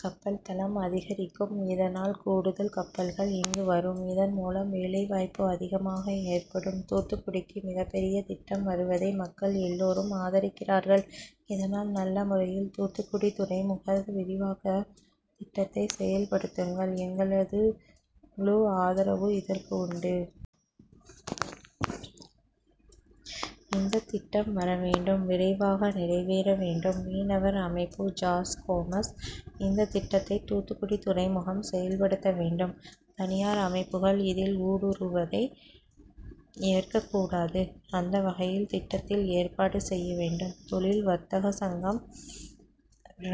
கப்பல்தளம் அதிகரிக்கும். இதனால் கூடுதல் கப்பல்கள் இங்கு வரும். இதன் மூலம் வேலைவாய்ப்பு அதிகமாக ஏற்படும். தூத்துக்குடிக்கு மிகப் பெரிய திட்டம் வருவதை மக்கள் எல்லோரும் ஆதரிக்கிறார்கள். இதனால் நல்ல முறையில் தூத்துக்குடி துறைமுக விரிவாக்க திட்டத்தை செயல்படுத்துங்கள். எங்களுது முழு ஆதரவு இதற்கு உண்டு. இந்த திட்டம் வர வேண்டும். விரைவாக நிறைவேற வேண்டும். மீனவர் அமைப்பு ஜார்ஸ் கோமஸ் இந்த திட்டத்தை தூத்துக்குடி துறைமுகம் செயல்படுத்த வேண்டும். தனியார் அமைப்புகள் இதில் ஊடுறுவதை ஏற்க கூடாது. அந்த வகையில் திட்டத்தில் ஏற்பாடு செய்ய வேண்டும். தொழில் வர்த்தக சங்கம்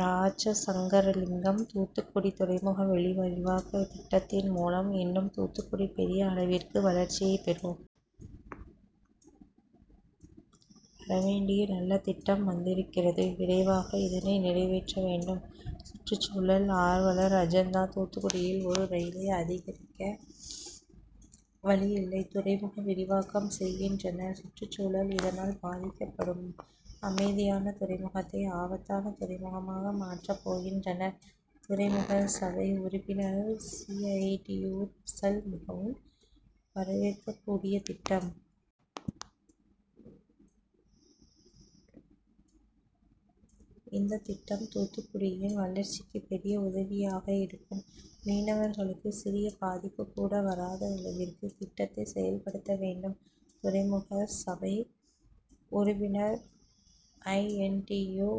ராஜாசங்கரலிங்கம்; தூத்துக்குடி துறைமுக வெளி விரிவாக்க திட்டத்தின் மூலம் இன்னும் தூத்துக்குடி பெரிய அளவிற்கு வளர்ச்சியை பெரும். வரவேண்டிய நல்ல திட்டம் வந்திருக்கிறது. விரைவாக இதனை நிறைவேற்ற வேண்டும். சுற்றுச்சூழல் ஆர்வலர் அஜெந்தா தூத்துக்குடியில் ஒரு ரயிலை அதிகரிக்க வழியில்லை. துறைமுக விரிவாக்கம் செய்கின்றனர். சுற்றுச்சூழல் இதனால் பாதிக்கப்படும். அமைதியான துறைமுகத்தை ஆபத்தான துறைமுகமாக மாற்றப் போகின்றனர். துறைமுகசபை உறுப்பினர் சிஐடியு ரசல் மிகவும் வரவேற்க கூடிய திட்டம். இந்த திட்டம் தூத்துக்குடியின் வளர்ச்சிக்கு பெரிய உதவியாக இருக்கும். மீனவர்களுக்கு சிறிய பாதிப்பு கூட வராத அளவிற்கு திட்டத்தை செயல்படுத்த வேண்டும். துறைமுக சபை உறுப்பினர் I. N. T. U.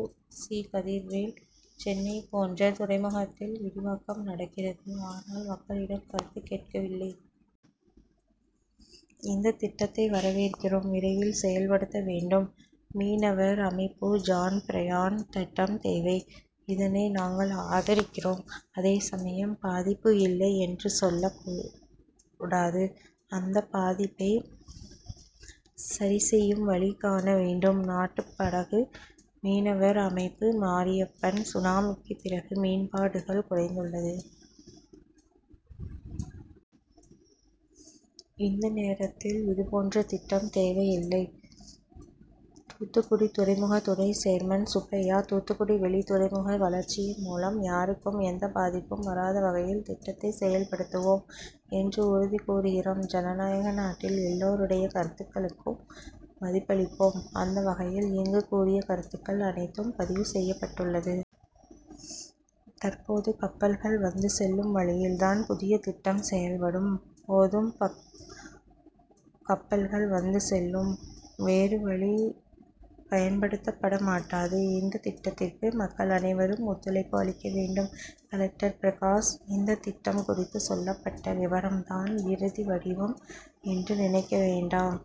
C Kathirvel; Chennai போன்ற துறைமுகத்தில் விரிவாக்கம் நடக்கிறது. ஆனால் மக்களிடம் கருத்து கேட்கவில்லை. இந்த திட்டத்தை வரவேற்கிறோம். விரைவில் செயல்படுத்த வேண்டும். மீனவர் அமைப்பு ஜான் பிராயன் திட்டம் தேவை. இதனை நாங்கள் ஆதரிக்கிறோம். அதே சமயம் பாதிப்பு இல்லை என்று சொல்லக் கூடாது. அந்த பாதிப்பை சரி செய்யும் வழி காண வேண்டும். நாட்டுபடகு மீனவர் அமைப்பு மாரியப்பன்; சுனாமிக்கு பிறகு மீன்பாடுகள் குறைந்துள்ளது. இந்த நேரத்தில் இது போன்ற திட்டம் தேவையில்லை. தூத்துக்குடி துறைமுக துணைச் சேர்மன் சுப்பையா; தூத்துக்குடி வெளித்துறைமுக வளர்ச்சியின் மூலம் யாருக்கும் எந்த பாதிப்பும் வராத வகையில் திட்டத்தை செயல்படுத்துவோம் என்று உறுதி கூறுகிறோம். ஜனநாயக நாட்டில் எல்லோருடைய கருத்துக்களுக்கு மதிப்பளிப்போம். அந்த வகையில் இங்கு கூறிய கருத்துக்கள் அனைத்தும் பதிவு செய்யப்பட்டுள்ளது. தற்போது கப்பல்கள் வந்து செல்லும் வழியில் தான் புதிய திட்டம் செயல்படும் போதும் கப்பல்கள் வந்து செல்லும். வேறு வழி பயன்படுத்தப்படமாட்டாது. இந்த திட்டத்திற்கு மக்கள் அனைவரும் ஒத்துழைப்பு அளிக்க வேண்டும். கலெக்டர் பிரகாஷ்; இந்த திட்டம் குறித்து சொல்லப்பட்ட விபரம் தான் இறுதி வடிவம் என்று நினைக்க வேண்டாம்.